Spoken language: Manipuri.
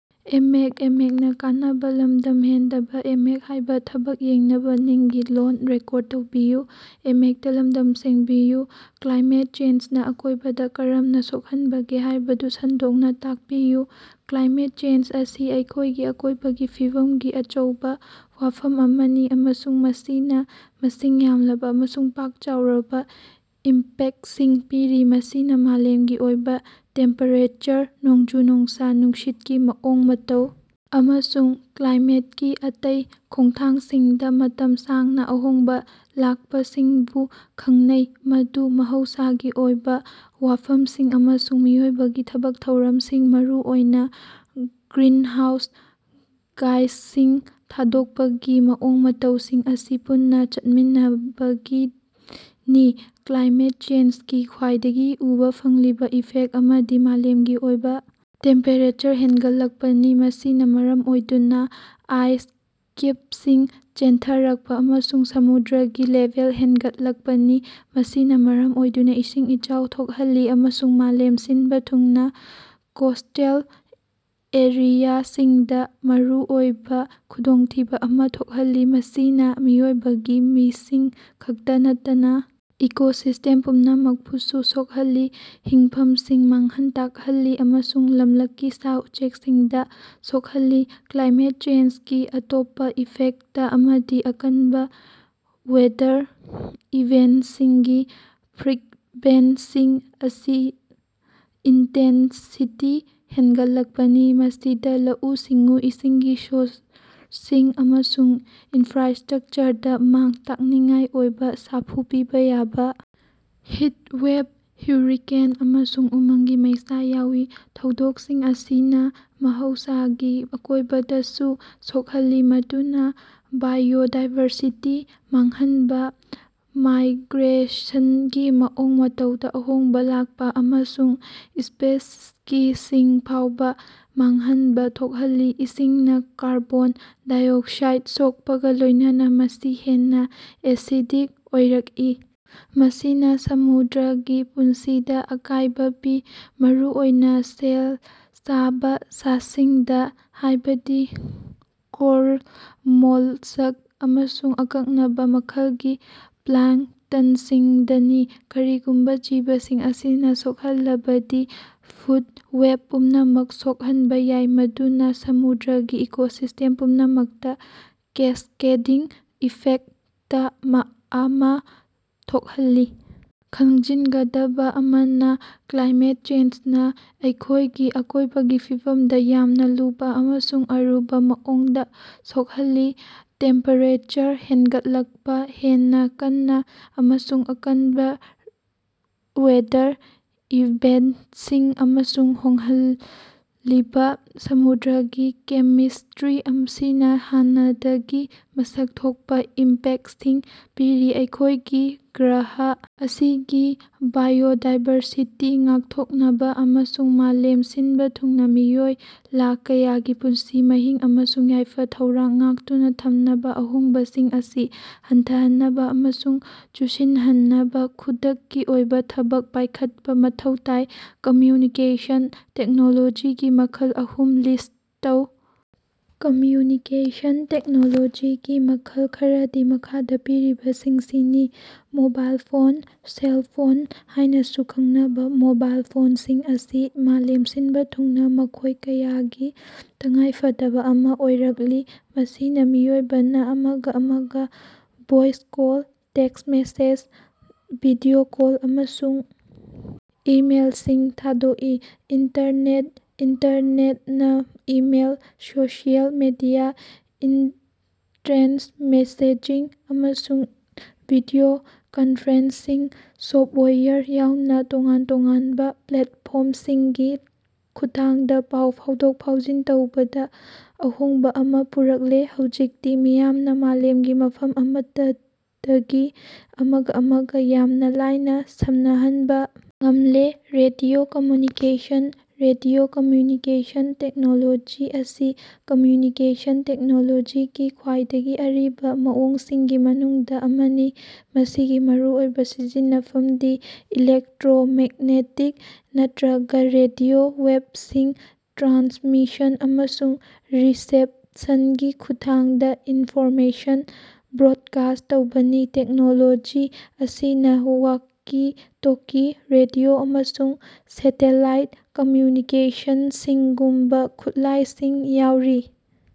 ꯀ꯭ꯂꯥꯏꯃꯦꯠ ꯆꯦꯟꯖꯅꯥ ꯑꯀꯣꯏꯕꯗꯥ ꯀꯔꯝꯅꯥ ꯁꯣꯛꯍꯟꯕꯒꯦ ꯍꯥꯏꯕꯗꯨ ꯁꯟꯗꯣꯛꯅꯥ ꯇꯥꯛꯄꯤꯌꯨ꯫ ꯀ꯭ꯂꯥꯏꯃꯦꯠ ꯆꯦꯟꯖ ꯑꯁꯤ ꯑꯩꯈꯣꯏꯒꯤ ꯑꯀꯣꯏꯕꯒꯤ ꯐꯤꯕꯝꯒꯤ ꯑꯆꯧꯕꯥ ꯋꯥꯐꯝ ꯑꯃꯅꯤ ꯑꯃꯁꯨꯡ ꯃꯁꯤꯅꯥ ꯃꯁꯤꯡ ꯌꯥꯝꯂꯕꯥ ꯑꯃꯁꯨꯡ ꯄꯥꯛ ꯆꯥꯎꯔꯕꯥ ꯏꯝꯄꯦꯛꯁꯤꯡ ꯄꯤꯔꯤ꯫ ꯃꯁꯤꯅꯥ ꯃꯥꯂꯦꯝꯒꯤ ꯑꯣꯏꯕꯥ ꯇꯦꯝꯄꯦꯔꯦꯆꯔ, ꯅꯣꯡꯖꯨ-ꯅꯨꯡꯁꯥ, ꯅꯨꯡꯁꯤꯠꯀꯤ ꯃꯑꯣꯡ-ꯃꯇꯧ ꯑꯃꯁꯨꯡ ꯀ꯭ꯂꯥꯏꯃꯦꯠꯀꯤ ꯑꯇꯩ ꯈꯣꯡꯊꯥꯡꯁꯤꯡꯗꯥ ꯃꯇꯝ ꯁꯥꯡꯅꯥ ꯑꯍꯣꯡꯕꯥ ꯂꯥꯛꯄꯁꯤꯡꯕꯨ ꯈꯪꯅꯩ, ꯃꯗꯨ ꯃꯍꯧꯁꯥꯒꯤ ꯑꯣꯏꯕꯥ ꯋꯥꯐꯝꯁꯤꯡ ꯑꯃꯁꯨꯡ ꯃꯤꯑꯣꯏꯕꯒꯤ ꯊꯕꯛ-ꯊꯧꯔꯝꯁꯤꯡ, ꯃꯔꯨꯑꯣꯏꯅꯥ ꯒ꯭ꯔꯤꯟꯍꯥꯎꯁ ꯒ꯭ꯌꯥꯁꯁꯤꯡ ꯊꯥꯗꯣꯛꯄꯒꯤ ꯃꯑꯣꯡ-ꯃꯇꯧꯁꯤꯡ ꯑꯁꯤ ꯄꯨꯟꯅꯥ ꯆꯠꯃꯤꯟꯅꯕꯗꯒꯤꯅꯤ꯫ ꯀ꯭ꯂꯥꯏꯃꯦꯠ ꯆꯦꯟꯖꯒꯤ ꯈ꯭ꯋꯥꯏꯗꯒꯤ ꯎꯕꯥ ꯐꯪꯂꯤꯕꯥ ꯏꯐꯦꯛ ꯑꯃꯗꯤ ꯃꯥꯂꯦꯝꯒꯤ ꯑꯣꯏꯕꯥ ꯇꯦꯝꯄꯦꯔꯦꯆꯔ ꯍꯦꯟꯒꯠꯂꯛꯄꯅꯤ, ꯃꯁꯤꯅꯥ ꯃꯔꯝ ꯑꯣꯏꯗꯨꯅꯥ ꯑꯥꯏꯁ ꯀꯦꯞꯁꯤꯡ ꯆꯦꯟꯊꯔꯛꯄꯥ ꯑꯃꯁꯨꯡ ꯁꯃꯨꯗ꯭ꯔꯒꯤ ꯂꯦꯚꯦꯜ ꯍꯦꯟꯒꯠꯂꯛꯄꯅꯤ꯫ ꯃꯁꯤꯅꯥ ꯃꯔꯝ ꯑꯣꯏꯗꯨꯅꯥ ꯏꯁꯤꯡ ꯏꯆꯥꯎ ꯊꯣꯛꯍꯜꯂꯤ ꯑꯃꯁꯨꯡ ꯃꯥꯂꯦꯝ ꯁꯤꯟꯕꯥ ꯊꯨꯡꯅꯥ ꯀꯣꯁꯇꯦꯜ ꯑꯦꯔꯤꯌꯥꯁꯤꯡꯗꯥ ꯃꯔꯨꯑꯣꯏꯕꯥ ꯈꯨꯗꯣꯡꯊꯤꯕꯥ ꯑꯃꯥ ꯊꯣꯛꯍꯜꯂꯤ꯫ ꯃꯁꯤꯅꯥ ꯃꯤꯑꯣꯏꯕꯒꯤ ꯃꯤꯁꯤꯡ ꯈꯛꯇꯥ ꯅꯠꯇꯅꯥ ꯏꯀꯣꯁꯤꯁꯇꯦꯝ ꯄꯨꯝꯅꯃꯛꯄꯨꯁꯨ ꯁꯣꯛꯍꯜꯂꯤ, ꯍꯤꯡꯐꯝꯁꯤꯡ ꯃꯥꯡꯍꯟ ꯇꯥꯛꯍꯜꯂꯤ ꯑꯃꯁꯨꯡ ꯂꯝꯂꯛꯀꯤ ꯁꯥ-ꯎꯆꯦꯛꯁꯤꯡꯗꯥ ꯁꯣꯛꯍꯜꯂꯤ꯫ ꯀ꯭ꯂꯥꯏꯃꯦꯠ ꯆꯦꯟꯖꯒꯤ ꯑꯇꯣꯞꯄꯥ ꯏꯐꯦꯛꯇ ꯑꯃꯗꯤ ꯑꯀꯟꯕꯥ ꯋꯦꯗꯔ ꯏꯚꯦꯟꯁꯤꯡꯒꯤ ꯐ꯭ꯔꯤꯛꯕꯦꯟꯁꯤ ꯑꯃꯁꯨꯡ ꯏꯟꯇꯦꯟꯁꯤꯇꯤ ꯍꯦꯟꯒꯠꯂꯛꯄꯅꯤ꯫ ꯃꯁꯤꯗꯥ ꯂꯧꯎ-ꯁꯤꯡꯎ, ꯏꯁꯤꯡꯒꯤ ꯁꯣꯔꯁꯁꯤꯡ ꯑꯃꯁꯨꯡ ꯏꯟꯐ꯭ꯔꯥꯁꯇ꯭ꯔꯛꯆꯔꯗꯥ ꯃꯥꯡ-ꯇꯥꯛꯅꯤꯡꯉꯥꯏ ꯑꯣꯏꯕꯥ ꯁꯥꯐꯨ ꯄꯤꯕꯥ ꯌꯥꯕꯥ ꯍꯤꯠꯋꯦꯕ, ꯍꯨꯔꯤꯀꯦꯟ, ꯑꯃꯁꯨꯡ ꯎꯃꯪꯒꯤ ꯃꯩꯁꯥ ꯌꯥꯎꯏ꯫ ꯊꯧꯗꯣꯛꯁꯤꯡ ꯑꯁꯤꯅꯥ ꯃꯍꯧꯁꯥꯒꯤ ꯑꯀꯣꯏꯕꯗꯁꯨ ꯁꯣꯛꯍꯜꯂꯤ, ꯃꯗꯨꯅꯥ ꯕꯥꯏꯑꯣꯗꯥꯏꯕꯔꯁꯤꯇꯤ ꯃꯥꯡꯍꯟꯕꯥ, ꯃꯥꯏꯒ꯭ꯔꯦꯁꯟꯒꯤ ꯃꯑꯣꯡ ꯃꯇꯧꯗꯥ ꯑꯍꯣꯡꯕꯥ ꯂꯥꯛꯄꯥ, ꯑꯃꯁꯨꯡ ꯁ꯭ꯄꯤꯁꯤꯁꯁꯤꯡ ꯐꯥꯎꯕꯥ ꯃꯥꯡꯍꯟꯕꯥ ꯊꯣꯛꯍꯜꯂꯤ꯫ ꯏꯁꯤꯡꯅꯥ ꯀꯥꯔꯕꯣꯟ ꯗꯥꯏꯑꯣꯛꯁꯥꯏꯠ ꯁꯣꯛꯄꯒꯥ ꯂꯣꯏꯅꯅꯥ ꯃꯁꯤ ꯍꯦꯟꯅꯥ ꯑꯦꯁꯤꯗꯤꯛ ꯑꯣꯏꯔꯛꯏ, ꯃꯁꯤꯅꯥ ꯁꯃꯨꯗ꯭ꯔꯒꯤ ꯄꯨꯟꯁꯤꯗꯥ ꯑꯀꯥꯏꯕꯥ ꯄꯤ, ꯃꯔꯨꯑꯣꯏꯅꯥ ꯁꯦꯜ ꯁꯥꯕꯥ ꯁꯥꯁꯤꯡꯗꯥ, ꯍꯥꯏꯕꯗꯤ ꯀꯣꯔꯜ, ꯃꯣꯜꯁꯛ ꯑꯃꯁꯨꯡ ꯑꯀꯛꯅꯕꯥ ꯃꯈꯜꯒꯤ ꯄ꯭ꯂꯥꯡꯇꯟꯁꯤꯡꯗꯅꯤ꯫ ꯀꯔꯤꯒꯨꯝꯕꯥ ꯖꯤꯕꯁꯤꯡ ꯑꯁꯤꯅꯥ ꯁꯣꯛꯍꯜꯂꯕꯗꯤ, ꯐꯨꯗ ꯋꯦꯞ ꯄꯨꯝꯅꯃꯛ ꯁꯣꯛꯍꯟꯕꯥ ꯌꯥꯏ, ꯃꯗꯨꯅꯥ ꯁꯃꯨꯗ꯭ꯔꯒꯤ ꯏꯀꯣꯁꯤꯁꯇꯦꯝ ꯄꯨꯝꯅꯃꯛꯇꯥ ꯀꯦꯁꯀꯦꯗꯤꯡ ꯏꯐꯦꯛꯇ ꯑꯃꯥ ꯊꯣꯛꯍꯜꯂꯤ꯫ ꯈꯪꯖꯤꯟꯒꯗꯕꯥ ꯑꯃꯅꯥ, ꯀ꯭ꯂꯥꯏꯃꯦꯠ ꯆꯦꯟꯖꯅꯥ ꯑꯩꯈꯣꯏꯒꯤ ꯑꯀꯣꯏꯕꯒꯤ ꯐꯤꯕꯝꯗꯥ ꯌꯥꯝꯅꯥ ꯂꯨꯕꯥ ꯑꯃꯁꯨꯡ ꯑꯔꯨꯕꯥ ꯃꯑꯣꯡꯗꯥ ꯁꯣꯛꯍꯜꯂꯤ꯫ ꯇꯦꯝꯄꯦꯔꯦꯆꯔ ꯍꯦꯟꯒꯠꯂꯛꯄꯥ, ꯍꯦꯟꯅꯥ ꯀꯟꯅꯥ ꯑꯃꯁꯨꯡ ꯑꯀꯟꯕꯥ ꯋꯦꯗꯔ ꯏꯚꯦꯟꯇꯁꯤꯡ ꯑꯃꯁꯨꯡ ꯍꯣꯡꯂꯛꯂꯤꯕꯥ ꯁꯃꯨꯗ꯭ꯔꯒꯤ ꯀꯦꯃꯤꯁꯇ꯭ꯔꯤ ꯑꯁꯤꯅꯥ ꯍꯥꯟꯅꯗꯒꯤ ꯃꯁꯛ ꯊꯣꯛꯄꯥ ꯏꯝꯄꯦꯛꯁꯤꯡ ꯄꯤꯔꯤ꯫ ꯑꯩꯈꯣꯏꯒꯤ ꯒ꯭ꯔꯍ ꯑꯁꯤꯒꯤ ꯕꯥꯏꯑꯣꯗꯥꯏꯕꯔꯁꯤꯇꯤ ꯉꯥꯛꯊꯣꯛꯅꯕꯥ ꯑꯃꯁꯨꯡ ꯃꯥꯂꯦꯝ ꯁꯤꯟꯕꯥ ꯊꯨꯡꯅꯥ ꯃꯤꯑꯣꯏ ꯂꯥꯈ ꯀꯌꯥꯒꯤ ꯄꯨꯟꯁꯤ ꯃꯍꯤꯡ ꯑꯃꯁꯨꯡ ꯌꯥꯏꯐ-ꯊꯧꯔꯥꯡ ꯉꯥꯛꯇꯨꯅꯥ ꯊꯝꯅꯕꯥ ꯑꯍꯣꯡꯕꯁꯤꯡ ꯑꯁꯤ ꯍꯟꯊꯍꯟꯅꯕꯥ ꯑꯃꯁꯨꯡ ꯆꯨꯁꯤꯟꯅꯍꯟꯅꯕꯥ ꯈꯨꯗꯛꯀꯤ ꯑꯣꯏꯕꯥ ꯊꯕꯛ ꯄꯥꯏꯈꯠꯄꯥ ꯃꯊꯧ ꯇꯥꯏ꯫ ꯀꯝꯃ꯭ꯌꯨꯅꯤꯀꯦꯁꯟ ꯇꯦꯛꯅꯣꯂꯣꯖꯤꯒꯤ ꯃꯈꯜ ꯑꯍꯨꯝ ꯂꯤꯁ ꯇꯧ꯫ ꯀꯝꯃ꯭ꯌꯨꯅꯤꯀꯦꯁꯟ ꯇꯦꯛꯅꯣꯂꯣꯖꯤꯒꯤ ꯃꯈꯜ ꯈꯔꯗꯤ ꯃꯈꯥꯗꯥ ꯄꯤꯔꯤꯕꯁꯤꯡꯁꯤꯅꯤ ꯃꯣꯕꯥꯏꯜ ꯐꯣꯟ ꯁꯦꯜꯐꯣꯟ ꯍꯥꯏꯅꯥꯁꯨ ꯈꯪꯅꯕꯥ ꯃꯣꯕꯥꯏꯜ ꯐꯣꯟꯁꯤꯡ ꯑꯁꯤ ꯃꯥꯂꯦꯝ ꯁꯤꯟꯕꯥ ꯊꯨꯡꯅꯥ ꯃꯤꯑꯣꯏ ꯀꯌꯥꯒꯤ ꯇꯉꯥꯏꯐꯗꯕꯥ ꯑꯃꯥ ꯑꯣꯏꯔꯛꯂꯤ, ꯃꯁꯤꯅꯥ ꯃꯤꯑꯣꯏꯕꯅꯥ ꯑꯃꯒꯥ ꯑꯃꯒꯥ voice call, text message, video call ꯑꯃꯁꯨꯡ ꯏꯃꯦꯜꯁꯤꯡ ꯊꯥꯗꯣꯛꯏ꯫ ꯏꯟꯇꯔꯅꯦꯠ ꯏꯟꯇꯔꯅꯦꯠꯅꯥ email, social media, instant messaging, ꯑꯃꯁꯨꯡ ꯚꯤꯗꯤꯑꯣ ꯀꯟꯐ꯭ꯔꯦꯟꯁꯁꯤꯡ ꯁꯣꯞꯋꯥꯌꯔ ꯌꯥꯎꯅꯥ ꯇꯣꯉꯥꯟ-ꯇꯣꯉꯥꯟꯕꯥ ꯄ꯭ꯂꯦꯠꯐꯣꯔꯃꯁꯤꯡꯒꯤ ꯈꯨꯠꯊꯥꯡꯗꯥ ꯄꯥꯎ ꯐꯥꯎꯗꯣꯛ-ꯐꯥꯎꯖꯤꯟ ꯇꯧꯕꯗꯥ ꯑꯍꯣꯡꯕꯥ ꯑꯃꯥ ꯄꯨꯔꯛꯂꯦ꯫ ꯍꯧꯖꯤꯛꯇꯤ ꯃꯤꯌꯥꯝꯅꯥ ꯃꯥꯂꯦꯝꯒꯤ ꯃꯐꯝ ꯑꯃꯠꯇꯗꯒꯤ ꯑꯃꯒꯥ ꯑꯃꯒꯥ ꯌꯥꯝꯅꯥ ꯂꯥꯏꯅꯥ ꯁꯝꯅꯍꯟꯕꯥ ꯉꯝꯂꯦ꯫ Radio communication: radio communication technology ꯑꯁꯤ ꯀꯝꯃ꯭ꯌꯨꯅꯤꯀꯦꯁꯟ ꯇꯦꯛꯅꯣꯂꯣꯖꯤꯒꯤ ꯈ꯭ꯋꯥꯏꯗꯒꯤ ꯑꯔꯤꯕꯥ ꯃꯑꯣꯡꯁꯤꯡꯒꯤ ꯃꯅꯨꯡꯗꯥ ꯑꯃꯅꯤ, ꯃꯁꯤꯒꯤ ꯃꯔꯨꯑꯣꯏꯕꯥ ꯁꯤꯖꯤꯟꯅꯐꯝꯗꯤ ꯏꯂꯦꯛꯇ꯭ꯔꯣꯃꯦꯛꯅꯦꯇꯤꯛ ꯅꯠꯇ꯭ꯔꯒꯥ ꯔꯦꯗꯤꯑꯣ ꯋꯦꯞꯁꯤꯡ ꯇ꯭ꯔꯥꯟꯁꯃꯤꯁꯟ ꯑꯃꯁꯨꯡ ꯔꯤꯁꯦꯞꯁꯟꯒꯤ ꯈꯨꯠꯊꯥꯡꯗꯥ ꯏꯟꯐꯣꯔꯃꯦꯁꯟ ꯕ꯭ꯔꯣꯠꯀꯥꯁ ꯇꯧꯕꯅꯤ꯫ ꯇꯦꯛꯅꯣꯂꯣꯖꯤ ꯑꯁꯤꯅꯥ ꯋꯥꯀꯤ-ꯇꯣꯀꯤ, ꯔꯦꯗꯤꯑꯣ ꯑꯃꯁꯨꯡ ꯁꯦꯇꯦꯂꯥꯏꯠ ꯀꯝꯃ꯭ꯌꯨꯅꯤꯀꯦꯁꯟꯁꯤꯡꯒꯨꯝꯕꯥ ꯈꯨꯠꯂꯥꯏꯁꯤꯡ ꯌꯥꯎꯔꯤ꯫